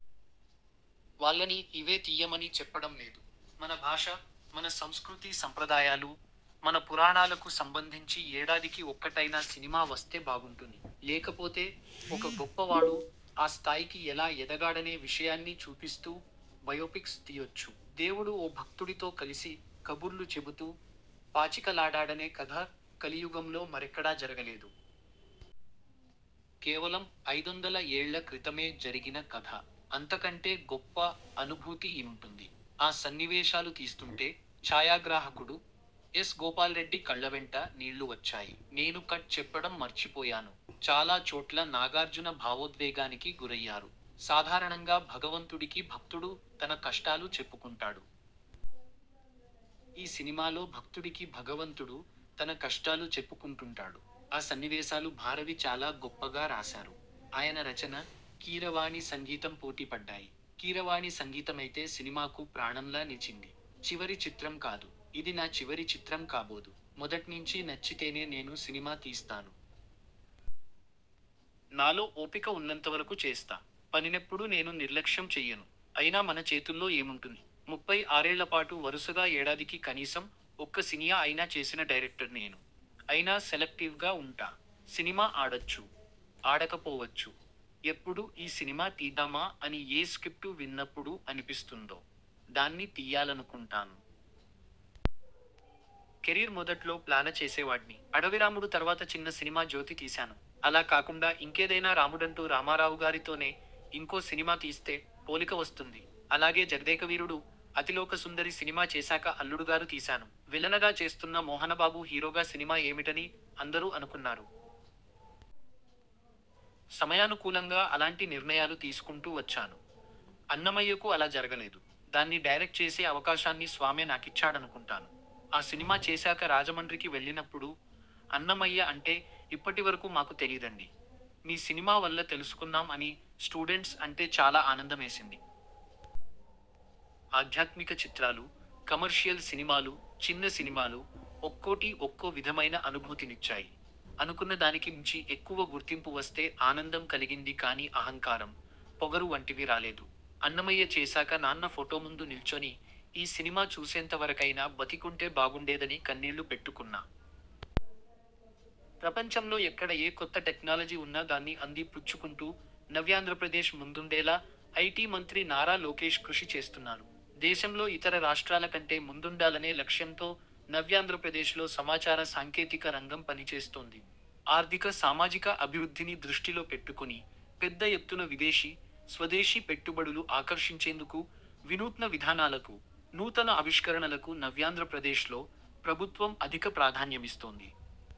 వాళ్లని ఇవే తియ్యమని చెప్పడం లేదు. మన భాష, మన సంస్కృతీ సంప్రదాయాలు, మన పురాణాలకు సంబంధించి ఏడాదికి ఒక్కటైనా సినిమా వస్తే బాగుంటుంది. లేకపోతే ఒక గొప్పవాడు ఆ స్థాయికి ఎలా ఎదగాడనే విషయాన్ని చూపిస్తూ బయోపిక్స్ తీయొచ్చు. దేవుడు ఓ భక్తుడితో కలిసి కబుర్లు చెబుతూ పాచికలాడాడనే కథ కలియుగంలో మరెక్కడా జరగలేదు. కేవలం ఐదొందల ఏళ్ల క్రితమే జరిగిన కథ. అంతకంటే గొప్ప అనుభూతి ఏముంటుంది! ఆ సన్నివేశాలు తీస్తుంటే ఛాయాగ్రాహకుడు ఎస్. గోపాల్రెడ్డి కళ్లవెంట నీళ్లు వచ్చాయి. నేను కట్ చెప్పడం మర్చిపోయాను. చాలా చోట్ల నాగార్జున భావోద్వేగానికి గురయ్యారు. సాధారణంగా భగవంతుడికి భక్తుడు తన కష్టాలు చెప్పుకుంటాడు. ఈ సినిమాలో భక్తుడికి భగవంతుడు తన కష్టాలు చెప్పుకుంటుంటాడు. ఆ సన్నివేశాలు భారవి చాలా గొప్పగా రాశారు. ఆయన రచన, కీరవాణి సంగీతం పోటీపడ్డాయి. కీరవాణి సంగీతమైతే సినిమాకు ప్రాణంలా నిలిచింది. చివరి చిత్రం కాదు ఇది నా చివరి చిత్రం కాబోదు. మొదట్నించీ నచ్చితేనే నేను సినిమా తీస్తాను. నాలో ఓపిక ఉన్నంతవరకూ చేస్తా. పనినెప్పుడూ నేను నిర్లక్ష్యం చెయ్యను. అయినా మన చేతుల్లో ఏముంటుంది! ముప్పై ఆరేళ్లపాటు వరుసగా ఏడాదికి కనీసం ఒక్క సినియా అయినా చేసిన డైరెక్టర్ని నేను. అయినా సెలక్టివ్గా ఉంటా. సినిమా ఆడొచ్చు, ఆడకపోవచ్చు. ఎప్పుడు ఈ సినిమా తీద్దామా అని ఏ స్ర్కిప్టు విన్నప్పుడు అనిపిస్తుందో, దాన్ని తియ్యాలనుకుంటాను. కెరీర్ మొదట్లో ప్లాన చేసేవాడ్ని. 'అడవిరాముడు' తర్వాత చిన్న సినిమా 'జ్యోతి' తీశాను. అలా కాకుండా ఇంకేదైనా రాముడంటూ రామారావుగారితోనే ఇంకో సినిమా తీస్తే, పోలిక వస్తుంది. అలాగే 'జగదేకవీరుడు అతిలోకసుందరి' సినిమా చేశాక 'అల్లుడుగారు' తీశాను. విలనగా చేస్తున్న మోహనబాబు హీరోగా సినిమా ఏమిటని అందరూ అనుకున్నారు. సమయానుకూలంగా అలాంటి నిర్ణయాలు తీసుకుంటూ వచ్చాను. 'అన్నమయ్య'కు అలా జరగలేదు. దాన్ని డైరెక్ట్ చేసే అవకాశాన్ని స్వామే నాకిచ్చాడనుకుంటాను. ఆ సినిమా చేశాక రాజమండ్రికి వెళ్లినప్పుడు ''అన్నమయ్య అంటే ఇప్పటివరకూ మాకు తెలీదండి. మీ సినిమా వల్ల తెలుసుకున్నాం'' అని స్టూడెంట్స్ అంటే చాలా ఆనందమేసింది. ఆధ్యాత్మిక చిత్రాలు, కమర్షియల్ సినిమాలు, చిన్న సినిమాలు ఒక్కోటీ ఒక్కో విధమైన అనుభూతినిచ్చాయి. అనుకున్న దానికి మించి ఎక్కువ గుర్తింపువస్తే ఆనందం కలిగింది కానీ అహంకారం, పొగరు వంటివి రాలేదు. 'అన్నమయ్య' చేశాక నాన్న ఫొటోముందు నిల్చొని ఈ సినిమా చూసేంతవరకైనా బతికుంటే బాగుండేదని కన్నీళ్లు పెట్టుకున్నా. ప్రపంచంలో ఎక్కడ ఏ కొత్త టెక్నాలజీ ఉన్నా దాన్ని అంది పుచ్చుకుంటూ నవ్యాంధ్రప్రదేశ్ ముందుండేలా ఐటీ మంత్రి నారా లోకేశ్ కృషి చేస్తున్నారు. దేశంలో ఇతర రాష్ట్రాల కంటే ముందుండాలనే లక్ష్యంతో నవ్యాంధ్రప్రదేశ్లో సమాచార సాంకేతిక రంగం పనిచేస్తోంది. ఆర్థిక, సామాజిక అభివృద్ధిని దృష్టిలో పెట్టుకుని పెద్దఎత్తున విదేశీ, స్వదేశీ పెట్టుబడులు ఆకర్షించేందుకు వినూత్న విధానాలకు, నూతనఆవిష్కరణలకు నవ్యాంధ్రప్రదేశ్లో ప్రభుత్వం అధిక ప్రాధాన్యమిస్తోంది.